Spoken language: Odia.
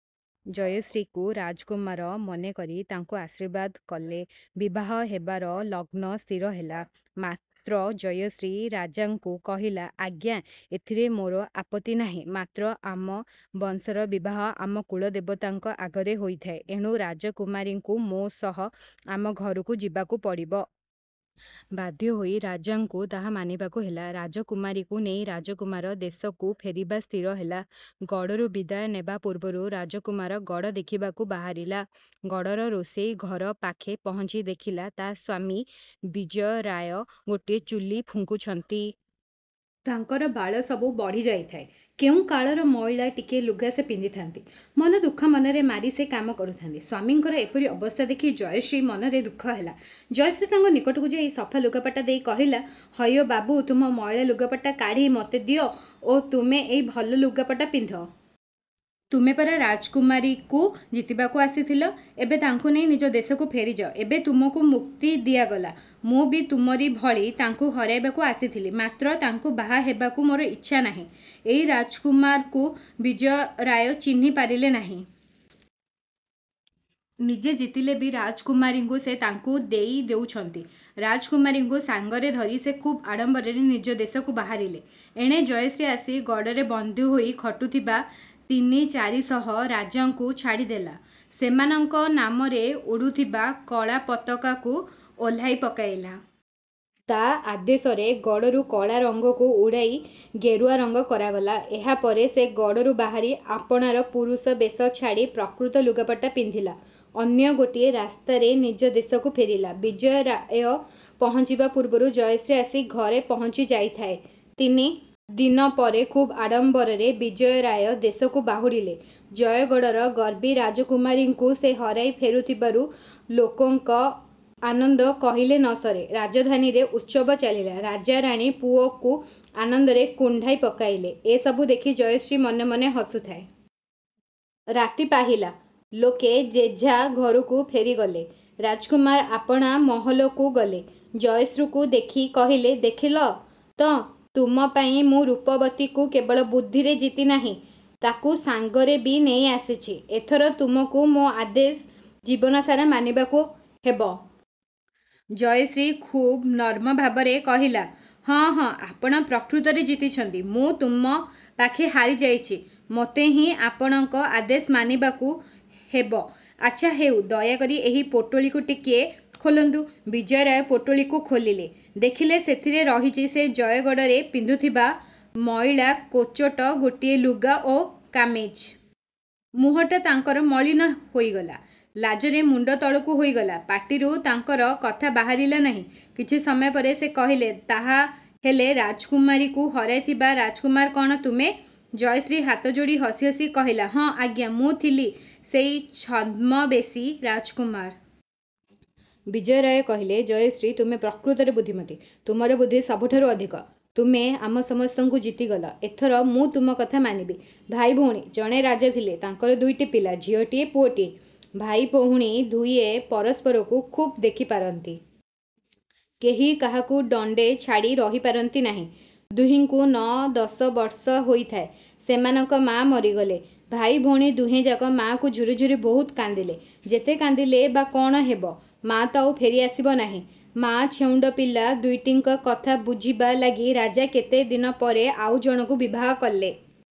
ଜୟଶ୍ରୀକୁ ରାଜକୁମାର ମନେ କରି ତାଙ୍କୁ ଆଶୀର୍ବାଦ କଲେ। ବିବାହ ହେବାର ଲଗ୍ନ ସ୍ଥିର ହେଲା। ମାତ୍ର ଜୟଶ୍ରୀ ରାଜାଙ୍କୁ କହିଲା, ଆଜ୍ଞା ଏଥିରେ ମୋର ଆପତ୍ତି ନାହିଁ ମାତ୍ର ଆମ ବଂଶର ବିବାହ ଆମ କୁଳଦେବତାଙ୍କ ଆଗରେ ହୋଇଥାଏ। ଏଣୁ ରାଜକୁମାରୀଙ୍କୁ ମୋ ସହ ଆମ ଘରକୁ ଯିବାକୁ ପଡ଼ିବ। ବାଧ୍ୟ ହୋଇ ରାଜାଙ୍କୁ ତାହା ମାନିବାକୁ ହେଲା। ରାଜକୁମାରୀକୁ ନେଇ ରାଜକୁମାର ଦେଶକୁ ଫେରିବା ସ୍ଥିର ହେଲା। ଗଡ଼ରୁ ବିଦାୟ ନେବା ପୂର୍ବରୁ ରାଜକୁମାର ଗଡ଼ ଦେଖିବାକୁ ବାହାରିଲା। ଗଡ଼ର ରୋଷେଇ ଘର ପାଖେ ପହଞ୍ଚି ଦେଖିଲା, ତା ସ୍ୱାମୀ ବିଜୟ ରାୟ ଗୋଟିଏ ଚୁଲି ଫୁଙ୍କୁଛନ୍ତି। ତାଙ୍କର ବାଳ ସବୁ ବଢ଼ି ଯାଇଥାଏ। କେଉଁ କାଳର ମଇଳା, ଚିକିଟା ଲୁଗା ସେ ପିନ୍ଧିଥାନ୍ତି। ମନ ଦୁଃଖ ମନରେ ମାରି ସେ କାମ କରୁଥାନ୍ତି। ସ୍ୱାମୀଙ୍କର ଏପରି ଅବସ୍ଥା ଦେଖି ଜୟଶ୍ରୀ ମନରେ ଦୁଃଖ ହେଲା। ଜୟଶ୍ରୀ ତାଙ୍କ ନିକଟକୁ ଯାଇ ସଫା ଲୁଗାପଟା ଦେଇ କହିଲା, ହଇଓ ବାବୁ ତୁମ ମଇଳା ଲୁଗାପଟା କାଢ଼ି ମୋତେ ଦିଅ ଓ ତୁମେ ଏଇ ଭଲ ଲୁଗାପଟା ପିନ୍ଧ। ତୁମେ ପରା ରାଜକୁମାରୀକୁ ଜିତିବାକୁ ଆସିଥିଲ? ଏବେ ତାଙ୍କୁ ନେଇ ନିଜ ଦେଶକୁ ଫେରିଯାଅ। ଏବେ ତୁମକୁ ମୁକ୍ତି ଦିଆଗଲା। ମୁଁ ବି ତୁମରି ଭଳି ତାଙ୍କୁ ହରାଇବାକୁ ଆସିଥିଲି, ମାତ୍ର ତାଙ୍କୁ ବାହା ହେବାକୁ ମୋର ଇଚ୍ଛା ନାହିଁ। ଏଇ ରାଜକୁମାରଙ୍କୁ ବିଜୟ ରାୟ ଚିହ୍ନି ପାରିଲେ ନାହିଁ। ନିଜେ ଜିତିଲେ ବି ରାଜକୁମାରୀଙ୍କୁ ସେ ତାଙ୍କୁ ଦେଇଦେଉଛନ୍ତି। ରାଜକୁମାରୀଙ୍କୁ ସାଙ୍ଗରେ ଧରି ସେ ଖୁବ୍ ଆଡ଼ମ୍ବରରେ ନିଜ ଦେଶକୁ ବାହାରିଲେ। ଏଣେ ଜୟଶ୍ରୀ ଆସି ଗଡ଼ରେ ବନ୍ଦୀ ହୋଇ ଖଟୁଥିବା ତିନି ଚାରି ଶହ ରାଜାଙ୍କୁ ଛାଡ଼ିଦେଲା। ସେମାନଙ୍କ ନାମରେ ଉଡ଼ୁଥିବା କଳା ପତାକାକୁ ଓହ୍ଳାଇ ପକାଇଲା। ତା ଆଦେଶରେ ଗଡ଼ରୁ କଳା ରଙ୍ଗକୁ ଉଡ଼ାଇ ଗେରୁଆ ରଙ୍ଗ କରାଗଲା। ଏହା ପରେ ସେ ଗଡ଼ରୁ ବାହାରି ଆପଣାର ପୁରୁଷ ବେଶ ଛାଡ଼ି ପ୍ରକୃତ ଲୁଗାପଟା ପିନ୍ଧିଲା। ଅନ୍ୟ ଗୋଟିଏ ରାସ୍ତାରେ ନିଜ ଦେଶକୁ ଫେରିଲା। ବିଜୟ ରାୟ ପହଞ୍ଚିବା ପୂର୍ବରୁ ଜୟଶ୍ରୀ ଆସି ଘରେ ପହଞ୍ଚି ଯାଇଥାଏ। ତିନି ଦିନ ପରେ ଖୁବ୍ ଆଡ଼ମ୍ବରରେ ବିଜୟ ରାୟ ଦେଶକୁ ବାହୁଡ଼ିଲେ। ଜୟଗଡ଼ର ଗର୍ବୀ ରାଜକୁମାରୀଙ୍କୁ ସେ ହରାଇ ଫେରୁଥିବାରୁ ଲୋକଙ୍କ ଆନନ୍ଦ କହିଲେ ନ ସରେ। ରାଜଧାନୀରେ ଉତ୍ସବ ଚାଲିଲା। ରାଜା ରାଣୀ ପୁଅକୁ ଆନନ୍ଦରେ କୁଣ୍ଢାଇ ପକାଇଲେ। ଏସବୁ ଦେଖି ଜୟଶ୍ରୀ ମନେ ମନେ ହସୁଥାଏ। ରାତି ପାହିଲା। ଲୋକେ ଯେଝା ଘରକୁ ଫେରିଗଲେ। ରାଜକୁମାର ଆପଣା ମହଲକୁ ଗଲେ। ଜୟଶ୍ରୀକୁ ଦେଖି କହିଲେ, ଦେଖିଲ ତ ତୁମ ପାଇଁ ମୁଁ ରୂପବତୀକୁ କେବଳ ବୁଦ୍ଧିରେ ଜିତିନାହିଁ, ତାକୁ ସାଙ୍ଗରେ ବି ନେଇଆସିଛି। ଏଥର ତୁମକୁ ମୋ ଆଦେଶ ଜୀବନ ସାରା ମାନିବାକୁ ହେବ। ଜୟଶ୍ରୀ ଖୁବ୍ ନମ୍ର ଭାବରେ କହିଲା ହଁ ହଁ ଆପଣ ପ୍ରକୃତରେ ଜିତିଛନ୍ତି। ମୁଁ ତୁମ ପାଖେ ହାରିଯାଇଛି। ମୋତେ ହିଁ ଆପଣଙ୍କ ଆଦେଶ ମାନିବାକୁ ହେବ। ଆଚ୍ଛା ହେଉ ଦୟାକରି ଏଇ ପୋଟଳିକୁ ଟିକିଏ ଖୋଲନ୍ତୁ ବିଜୟ ରାୟ ପୋଟଳିକୁ ଖୋଲିଲେ। ଦେଖିଲେ ସେଥିରେ ରହିଛିନସେ ଜୟଗଡ଼ରେ ପିନ୍ଧୁଥିବା ମଇଳା କୋଚଟ ଗୋଟିଏ ଲୁଗା ଓ କାମିଜ। ମୁହଁଟା ତାଙ୍କର ମଳିନ ହୋଇଗଲା। ଲାଜରେ ମୁଣ୍ଡ ତଳକୁ ହୋଇଗଲା। ପାଟିରୁ ତାଙ୍କର କଥା ବାହାରିଲା ନାହିଁ। କିଛି ସମୟ ପରେ ସେ କହିଲେ, ତାହା ହେଲ ରାଜକୁମାରୀକୁ ହରାଇଥିବା ରାଜକୁମାର କଣ ତୁମେ ଜୟଶ୍ରୀ ହାତ ଯୋଡ଼ି ହସି ହସି କହିଲା, ହଁ ଆଜ୍ଞା ମୁଁ ଥିଲି ସେଇ ଛଦ୍ମବେଶୀ ରାଜକୁମାର। ବିଜୟ ରାୟ କହିଲେ, ଜୟଶ୍ରୀ, ତୁମେ ପ୍ରକୃତରେ ବୁଦ୍ଧିମତୀ। ତୁମର ବୁଦ୍ଧି ସବୁଠାରୁ ଅଧିକ। ତୁମେ ଆମ ସମସ୍ତଙ୍କୁ ଜିତିଗଲ। ଏଥର ମୁଁ ତୁମ କଥା ମାନିବି। ଭାଇ ଭଉଣୀ। ଜଣେ ରାଜା ଥିଲେ। ତାଙ୍କର ଦୁଇଟି ପିଲା, ଝିଅଟିଏ, ପୁଅଟିଏ। ଭାଇ ଭଉଣୀ ଦୁହେଁ ପରସ୍ପରକୁ ଖୁବ୍ ଦେଖିପାରନ୍ତି। କେହି କାହାକୁ ଦଣ୍ଡେ ଛାଡ଼ି ରହିପାରନ୍ତି ନାହିଁ। ଦୁହିଁଙ୍କୁ ନଅ ଦଶ ବର୍ଷ ହୋଇଥାଏ, ସେମାନଙ୍କ ମାଆ ମରିଗଲେ। ଭାଇ ଭଉଣୀ ଦୁହେଁଯାକ ମାଆକୁ ଝୁରି ଝୁରି ବହୁତ କାନ୍ଦିଲେ। ଯେତେ କାନ୍ଦିଲେ ବା କ'ଣ ହେବ, ମାଆ ତ ଆଉ ଫେରିଆସିବ ନାହିଁ। ମାଆ ଛେଉଣ୍ଡ ପିଲା ଦୁଇଟିଙ୍କ କଥା ବୁଝିବା ଲାଗି ରାଜା କେତେ ଦିନ ପରେ ଆଉ ଜଣଙ୍କୁ ବିବାହ କଲେ।